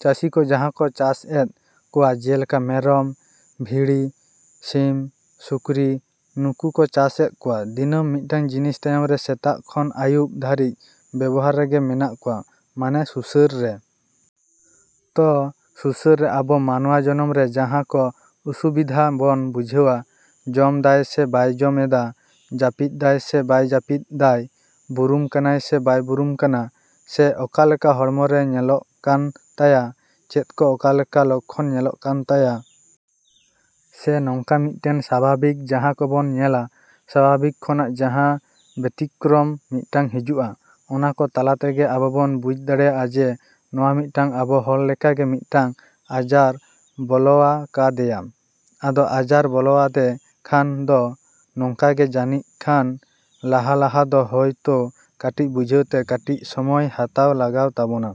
ᱪᱟᱹᱥᱤ ᱠᱚ ᱡᱟᱦᱟᱸ ᱠᱚ ᱪᱟᱥ ᱮᱫ ᱠᱚᱣᱟ ᱡᱮᱞᱮᱠᱟ ᱢᱮᱨᱚᱢ, ᱵᱷᱤᱲᱤ, ᱥᱤᱢ, ᱥᱩᱠᱨᱤ ᱱᱩᱠᱩ ᱠᱚ ᱪᱟᱥ ᱮᱫ ᱠᱚᱣᱟ᱾ ᱫᱤᱱᱟᱹᱢ ᱢᱤᱫᱴᱟᱝ ᱡᱤᱱᱤᱥ ᱛᱟᱭᱚᱢ ᱨᱮ ᱥᱮᱛᱟᱜ ᱠᱷᱚᱱ ᱟᱹᱭᱩᱵᱽ ᱫᱷᱟᱹᱨᱤᱡ ᱵᱮᱵᱚᱦᱟᱨ ᱨᱮᱜᱮ ᱢᱮᱱᱟᱜ ᱠᱚᱣᱟ, ᱢᱟᱱᱮ ᱥᱩᱥᱟᱹᱨ ᱨᱮ᱾ ᱛᱚ, ᱥᱩᱥᱟᱹᱨ ᱨᱮ ᱟᱵᱚ ᱢᱟᱱᱣᱟ ᱡᱚᱱᱚᱢ ᱨᱮ ᱡᱟᱦᱟᱸ ᱠᱚ ᱚᱥᱩᱵᱤᱫᱷᱟ ᱵᱚᱱ ᱵᱩᱡᱷᱟᱹᱣᱟ ᱡᱚᱢ ᱫᱟᱭ ᱥᱮ ᱵᱟᱭ ᱡᱚᱢ ᱮᱫᱟ, ᱡᱟᱹᱯᱤᱫ ᱫᱟᱭ ᱥᱮ ᱵᱟᱭ ᱡᱟᱹᱯᱤᱫ ᱫᱟᱭ, ᱵᱩᱨᱩᱢ ᱠᱟᱱᱟᱭ ᱥᱮ ᱵᱟᱭ ᱵᱩᱨᱩᱢ ᱠᱟᱱᱟ? ᱥᱮ ᱚᱠᱟᱞᱮᱠᱟ ᱦᱚᱲᱢᱚ ᱨᱮ ᱧᱮᱞᱚᱜ ᱠᱟᱱ ᱛᱟᱭᱟ, ᱪᱮᱫ ᱠᱚ ᱚᱠᱟᱞᱮᱠᱟ ᱞᱚᱠᱠᱷᱚᱱ ᱧᱮᱞᱚᱜ ᱠᱟᱱ ᱛᱟᱭᱟ? ᱥᱮ ᱱᱚᱝᱠᱟ ᱢᱤᱫᱴᱮᱱ ᱥᱟᱵᱷᱟᱵᱤᱠ ᱡᱟᱦᱟᱸ ᱠᱚᱵᱚᱱ ᱧᱮᱞᱟ ᱥᱟᱵᱷᱟᱵᱤᱠ ᱠᱷᱚᱱᱟᱜ ᱡᱟᱦᱟᱸ ᱵᱮᱛᱤᱠᱠᱨᱚᱢ ᱢᱤᱫᱴᱟᱝ ᱦᱤᱡᱩᱜᱼᱟ, ᱚᱱᱟ ᱠᱚ ᱛᱟᱞᱟ ᱛᱮᱜᱮ ᱟᱵᱚ ᱵᱚᱱ ᱵᱩᱡᱷ ᱫᱟᱲᱮᱭᱟᱜᱼᱟ ᱡᱮ ᱱᱚᱣᱟ ᱢᱤᱫᱴᱟᱝ ᱟᱵᱚ ᱦᱚᱲ ᱞᱮᱠᱟᱜᱮ ᱢᱤᱫᱴᱟᱝ ᱟᱡᱟᱨ ᱵᱚᱞᱚᱣᱟᱠᱟᱫᱮᱭᱟ᱾ ᱟᱫᱚ ᱟᱡᱟᱨ ᱵᱚᱞᱚᱣᱟᱫᱮ ᱠᱷᱟᱱ ᱫᱚ ᱱᱚᱝᱠᱟ ᱜᱮ ᱡᱟᱹᱱᱤᱡᱠᱷᱟᱱ ᱞᱟᱦᱟ ᱞᱟᱦᱟ ᱫᱚ ᱦᱚᱭᱛᱳ ᱠᱟᱹᱴᱤᱡ ᱵᱩᱡᱷᱟᱹᱣ ᱛᱮ ᱠᱟᱹᱴᱤᱡ ᱥᱚᱢᱚᱭ ᱦᱟᱛᱟᱣ ᱞᱟᱜᱟᱣ ᱛᱟᱵᱚᱱᱟ᱾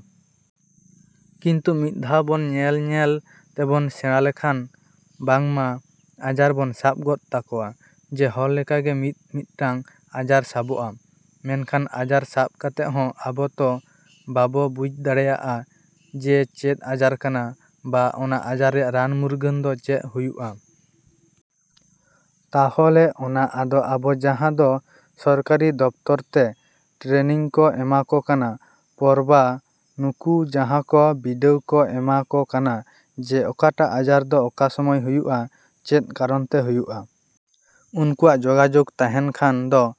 ᱠᱤᱱᱛᱩ ᱢᱤᱫ ᱫᱷᱟᱣ ᱵᱚᱱ ᱧᱮᱞ ᱧᱮᱞ ᱛᱮᱵᱚᱱ ᱥᱮᱬᱟ ᱞᱮᱠᱷᱟᱱ ᱵᱟᱝᱢᱟ ᱟᱡᱟᱨ ᱵᱚᱱ ᱥᱟᱵ ᱜᱚᱫ ᱛᱟᱠᱚᱣᱟ᱾ ᱡᱮ ᱦᱚᱲ ᱞᱮᱠᱟ ᱜᱮ ᱢᱤᱫᱼᱢᱤᱫᱴᱟᱝ ᱟᱡᱟᱨ ᱥᱟᱵᱚᱜᱼᱟ᱾ ᱢᱮᱱᱠᱷᱟᱱ ᱟᱡᱟᱨ ᱥᱟᱵ ᱠᱟᱛᱮᱫ ᱦᱚᱸ ᱟᱵᱚ ᱛᱚ ᱵᱟᱵᱚ ᱵᱩᱡᱷ ᱫᱟᱲᱮᱭᱟᱜᱼᱟ ᱡᱮ ᱪᱮᱫ ᱟᱡᱟᱨ ᱠᱟᱱᱟ ᱵᱟ ᱚᱱᱟ ᱟᱡᱟᱨ ᱨᱮᱭᱟᱜ ᱨᱟᱱ ᱢᱩᱨᱜᱟᱹᱱ ᱫᱚ ᱪᱮᱫ ᱦᱩᱭᱩᱜᱼᱟ? ᱛᱟᱦᱚᱞᱮ ᱚᱱᱟ ᱟᱫᱚ ᱟᱵᱚ ᱡᱟᱦᱟᱸ ᱫᱚ ᱥᱚᱨᱠᱟᱨᱤ ᱫᱚᱯᱛᱚᱨ ᱛᱮ ᱴᱨᱮᱱᱤᱝ ᱠᱚ ᱮᱢᱟ ᱠᱚ ᱠᱟᱱᱟ ᱯᱚᱨᱵᱟ ᱱᱩᱠᱩ ᱡᱟᱦᱟᱸ ᱠᱚ ᱵᱤᱰᱟᱹᱣ ᱠᱚ ᱮᱢᱟ ᱠᱚ ᱠᱟᱱᱟ, ᱡᱮ ᱚᱠᱟᱴᱟᱜ ᱟᱡᱟᱨ ᱫᱚ ᱚᱠᱟ ᱥᱚᱢᱚᱭ ᱦᱩᱭᱩᱜᱼᱟ, ᱪᱮᱫ ᱠᱟᱨᱚᱱ ᱛᱮ ᱦᱩᱭᱩᱜᱼᱟ? ᱩᱱᱠᱩᱣᱟᱜ ᱡᱳᱜᱟᱡᱳᱜᱽ ᱛᱟᱦᱮᱱ ᱠᱷᱟᱱ ᱫᱚ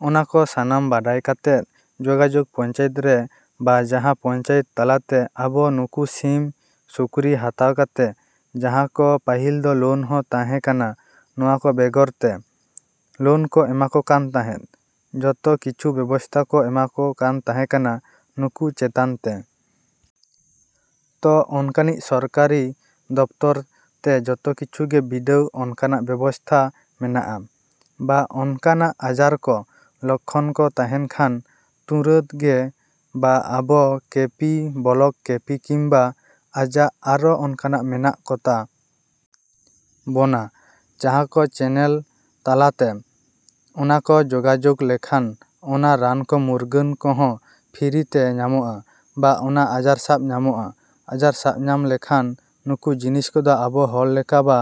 ᱚᱱᱟ ᱠᱚ ᱥᱟᱱᱟᱢ ᱵᱟᱰᱟᱭ ᱠᱟᱛᱮᱫ ᱡᱳᱜᱟᱡᱳᱜᱽ ᱯᱚᱧᱪᱟᱭᱮᱛ ᱨᱮ ᱵᱟ ᱡᱟᱦᱟᱸ ᱯᱚᱧᱪᱟᱭᱮᱛ ᱛᱟᱞᱟᱛᱮ ᱟᱵᱚ ᱱᱩᱠᱩ ᱥᱤᱢ, ᱥᱩᱠᱨᱤ ᱦᱟᱛᱟᱣ ᱠᱟᱛᱮ ᱡᱟᱦᱟᱸ ᱠᱚ, ᱯᱟᱹᱦᱤᱞ ᱫᱚ ᱞᱳᱱ ᱦᱚᱸ ᱛᱟᱦᱮᱸ ᱠᱟᱱᱟ ᱱᱚᱣᱟ ᱠᱚ ᱵᱮᱜᱚᱨ ᱛᱮ, ᱞᱳᱱ ᱠᱚ ᱮᱢᱟᱠᱚ ᱠᱟᱱ ᱛᱟᱦᱮᱸᱫ, ᱡᱚᱛᱚ ᱠᱤᱪᱷᱩ ᱵᱮᱵᱚᱥᱛᱟ ᱠᱚ ᱮᱢᱟ ᱠᱚ ᱠᱟᱱ ᱛᱟᱦᱮᱸᱠᱟᱱᱟ ᱱᱩᱠᱩ ᱪᱮᱛᱟᱱ ᱛᱮ᱾ ᱛᱚ, ᱚᱱᱠᱟᱱᱤᱡ ᱥᱚᱨᱠᱟᱨᱤ ᱫᱚᱯᱛᱚᱨ ᱛᱮ ᱡᱚᱛᱚ ᱠᱤᱪᱷᱩ ᱜᱮ ᱵᱤᱰᱟᱹᱣ ᱚᱱᱠᱟᱱᱟᱜ ᱵᱮᱵᱚᱥᱛᱷᱟ ᱢᱮᱱᱟᱜᱼᱟ᱾ ᱵᱟ ᱚᱱᱠᱟᱱᱟᱜ ᱟᱡᱟᱨ ᱠᱚ, ᱞᱚᱠᱠᱷᱚᱱ ᱠᱚ ᱛᱟᱦᱮᱱ ᱠᱷᱟᱱ ᱛᱩᱸᱨᱟᱹᱫ ᱜᱮ ᱵᱟ ᱟᱵᱚ ᱠᱮᱯᱤ ᱵᱞᱚᱠ ᱠᱮᱯᱤ ᱠᱤᱝᱵᱟ ᱟᱡᱟᱜ ᱟᱨᱚ ᱚᱱᱠᱟᱱᱟᱜ ᱢᱮᱱᱟᱜ ᱠᱚᱛᱟ ᱵᱚᱱᱟ, ᱡᱟᱦᱟᱸ ᱠᱚ ᱪᱮᱱᱮᱞ ᱛᱟᱞᱟᱛᱮ ᱚᱱᱟ ᱠᱚ ᱡᱳᱜᱟᱡᱳᱜᱽ ᱞᱮᱠᱷᱟᱱ ᱚᱱᱟ ᱨᱟᱱ ᱠᱚ ᱢᱩᱨᱜᱟᱹᱱ ᱠᱚᱦᱚᱸ ᱯᱷᱨᱤ ᱛᱮ ᱧᱟᱢᱚᱜᱼᱟ, ᱵᱟ ᱚᱱᱟ ᱟᱡᱟᱨ ᱥᱟᱵ ᱧᱟᱢᱚᱜᱼᱟ, ᱟᱡᱟᱨ ᱥᱟᱵ ᱧᱟᱢ ᱞᱮᱠᱷᱟᱱ ᱱᱩᱠᱩ ᱡᱤᱱᱤᱥ ᱠᱚᱫᱚ ᱟᱵᱚ ᱦᱚᱲ ᱞᱮᱠᱟ ᱵᱟ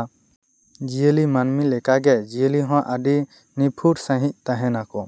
ᱡᱤᱭᱟᱹᱞᱤ ᱢᱟᱹᱱᱢᱤ ᱞᱮᱠᱟᱜᱮ ᱡᱤᱭᱟᱹᱞᱤ ᱦᱚᱸ ᱟᱹᱰᱤ ᱱᱤᱯᱷᱩᱴ ᱥᱟᱺᱦᱤᱡ ᱛᱟᱸᱦᱮᱱᱟ ᱠᱚ